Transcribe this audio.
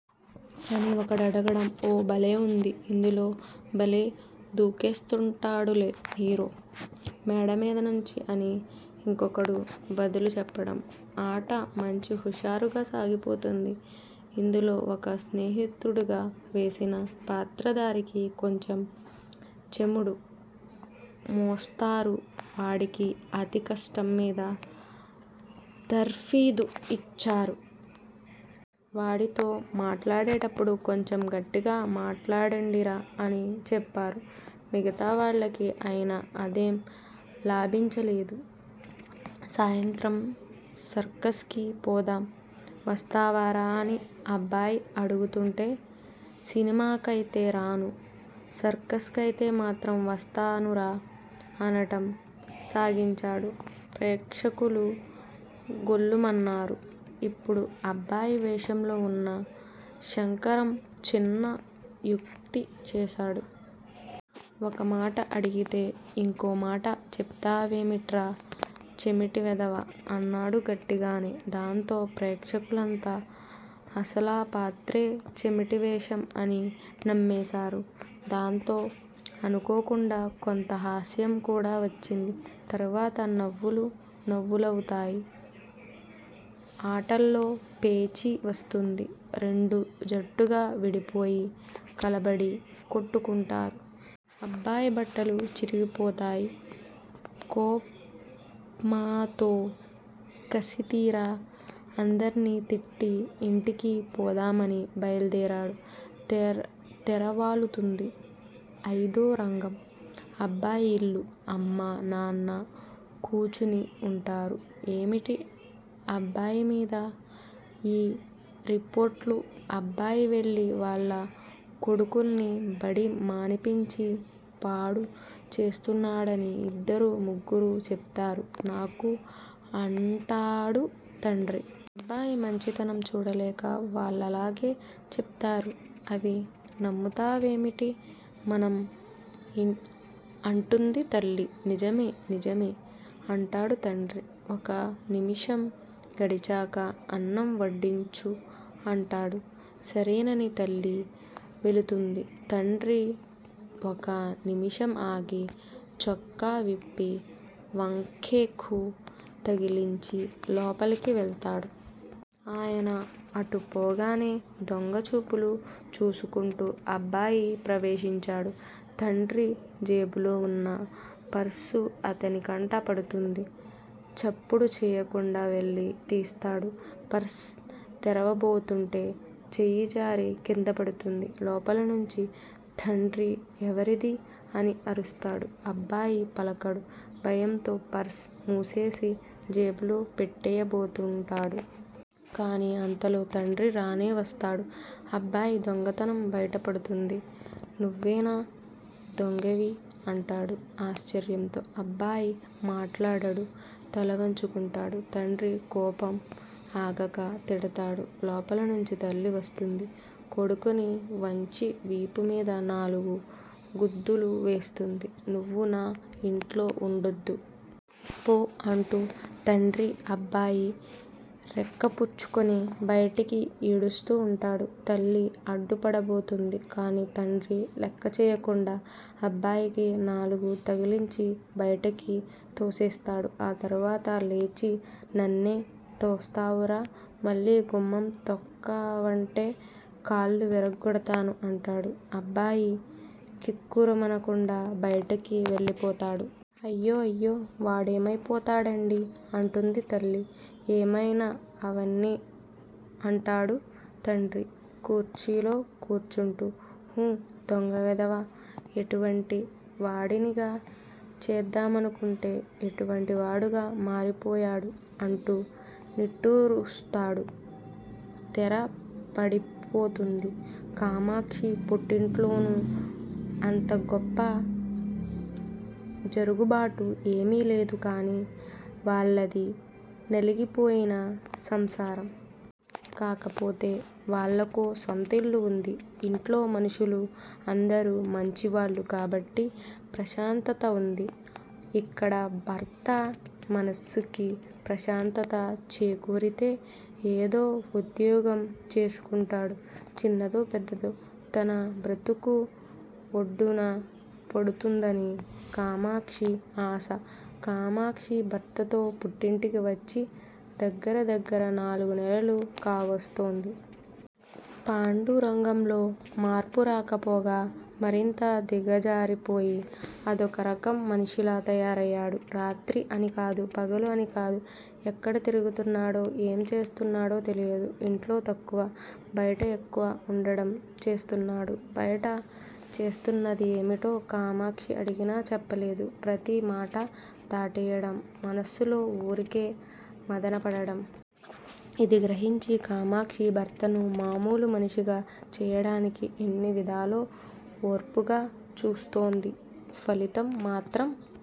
అని ఒకడడగటం ఓ బలేవుంది. అందులో బలే దూకేస్తుంటాడులే హీరో, మేడ మీద నుంచి అని యింకొకడు బదులు చెప్పటం ఆట మంచి హుషారుగా సాగిపోతుంది. అందులో ఒక స్నేహితుడుగా వేసిన పాత్రదారికి కొంచెం చెముడు మోస్టారు వాడికి అతి కష్టం మీద తర్ఫీదు ఇచ్చారు. వాడితో మాట్లాడేప్పుడు కొంచెం గట్టిగా మాట్లాడండిరా అని చెప్పారు మిగతావాళ్ళకి. అయినా అదేం లాభించలేదు. సాయంత్రం సర్కసుకి పోదాం వస్తావురా అని అబ్బాయి అడుగుతుంటే, సినిమాకయితే రాను. సర్కసుకైతే మాత్రం వస్తానురా అనటం సాగించాడు. ప్రేక్షకులు గొల్లుమన్నారు. ఇప్పుడు అబ్బాయి వేషంలో వున్న శంకరం చిన్న యుక్తి చేశాడు. ఒక మాట అడిగితే యింకో మాట చెప్తావేమిట్రా చెమిటి వెధవా? అన్నాడు గట్టిగానే. దాంతో ప్రేక్షకులంతా అసలాపాత్రే చెవిటి వేషం అని నమ్మేశారు. దాంతో అనుకోకుండా కొంత హాస్యం కూడా వచ్చింది. తరవాత నవ్వులు నవ్వులవుతాయి. ఆటల్లో పేచీ వస్తుంది. రెండు జట్లుగా విడిపోయి కలబడి కొట్టుకుంటారు. అబ్బాయి బట్టలు చిరిగిపోతాయి. కోప్మతో కసితీరా అందర్నీ తిట్టి ఇంటికి పోదామని బయల్దేరాడు. తెర వాలుతుంది. అయిదో రంగం: అబ్బాయి ఇల్లు. అమ్మా, నాన్న కూచుని వుంటారు. ఏమిటి అబ్బాయిమీద యీ రిపోర్టులు? అబ్బాయి వెళ్ళి వాళ్ళ కొడుకుల్ని బడి మానిపించి పాడు చేస్తున్నాడని యిద్దరు ముగ్గురు చెప్తారు నాకు అంటాడు తండ్రి. అబ్బాయి మంచితనం చూడలేక వాళ్ళలాగే చెప్తారు. అవి నమ్ముతామేమిటి మనం? అంటుంది తల్లి. నిజమే, నిజమే అంటాడు తండ్రి. ఒక నిముషం గడిచాక అన్నం వడ్డించు అంటాడు. సరేనని తల్లి వెళుతుంది. తండ్రి ఒక నిముషం ఆగి చొక్కా విప్పి వంకెకు తగిలించి లోపలికి వెళ్తాడు. ఆయన అటు పోగానే దొంగ చూపులు చూసుకుంటూ అబ్బాయి ప్రవేశిస్తాడు. తండ్రి జేబులో వున్న పర్సు అతని కంట పడుతుంది. చప్పుడు చెయ్యకుండా వెళ్ళి తీస్తాడు. పర్సు తెరవబోతుంటే చెయ్యిజారి క్రిందపడుతుంది లోపల నుంచి తండ్రి ఎవరిదీ? అని అరుస్తాడు. అబ్బాయి పలకడు. భయంతో పర్సు మూసేసి జేబులో పెట్టెయ్యబోతూంటాడు. కాని అంతలో తండ్రి రానే వస్తాడు. అబ్బాయి దొంగతనం బయట పడుతుంది. నువ్వేనా దొంగవీ? అంటాడు ఆశ్చర్యంతో అబ్బాయి మాట్లాడడు. తలవంచుకుంటాడు. తండ్రి కోపం ఆగక తిడతాడు. లోపల నుంచి తల్లి వస్తుంది. కొడుకుని వంచి వీపు మీద నాలుగు గుద్దులు వేస్తుంది. నువ్వు నా యింట్లో వుండొద్దు. ఫో అంటూ తండ్రి అబ్బాయి రెక్కపుచ్చుకుని బయటికి యీడుస్తూ వుంటాడు. తల్లి అడ్డు పడబోతుంది. కాని తండ్రి లెక్క చెయ్యకుండా అబ్బాయికి నాలుగు తగల్చిచ్చి బయటికి తోసేస్తాడు. ఆ తర్వాత లేచి నన్నే తోస్తావురా, మళ్ళీ గుమ్మం తొక్కావంటే కాళ్ళు విరగ్గొడతాను అంటాడు. అబ్బాయి కిక్కురుమనకుండా బయటికి వెళ్ళిపోతాడు. అయ్యో, అయ్యో వాడేమయిపోతాడండీ! అంటుంది తల్లి ఏమైనా అవనీ అంటాడు తండ్రి కుర్చీలో కూచుంటూ. హు దొంగ వెధవ! ఎటువంటి వాడినిగా చేద్దామనుకుంటే ఎటువంటి వాడుగా మారిపోయాడు! అంటూ నిట్టూరుస్తాడు. తెర పడిపోతుంది. కామాక్షి పుట్టింట్లోనూ అంతగొప్ప జరుగుబాటు ఏమీ లేదు కానీ వాళ్ళది నలిగిపోయిన సంసారం. కాకపోతే, వాళ్లకో సొంత ఇల్లు వుంది. ఇంట్లో మనుషులు అందరూ మంచివాళ్లు కాబట్టి ప్రశాంతత వుంది. ఇక్కడ, భర్త మనస్సుకి ప్రశాంతత చేకూరితే, ఏదో వుద్యోగం చే సుకుంటాడు. చిన్నదో పెద్దదో తన బ్రతుకు ఒడ్డున పడుతుందని, కామాక్షి ఆశ. కామాక్షి భర్తతో పుట్టింటికి వచ్చి, దగ్గర దగ్గర నాలుగు నెలలు కావస్తోంది! పాండురంగలో మార్పురాక పోగా, మరింత దిగజారిపోయి అదొక రకం మనిషిలా తయారయ్యాడు. రాత్రి అని కాదు పగలు అని కాదు ఎక్కడ తిరుగుతున్నాడో, ఏం చేస్తున్నాడో తెలియదు. ఇంట్లో తక్కువ, బయట ఎక్కువ వుండడం చేస్తున్నాడు. బయట చేస్తున్నది ఏమిటో కామాక్షి అడిగిన చెప్పలేదు. ప్రతి మాటా దాటేయటం, మనస్సులో వూరికే మధన పడటం. ఇది గ్రహించి, కామాక్షి భర్తను మామూలు మనిషిగా చెయ్యడానికి ఎన్ని విధాలో ఓర్పుగా చూస్తోంది. ఫలితం మాత్రం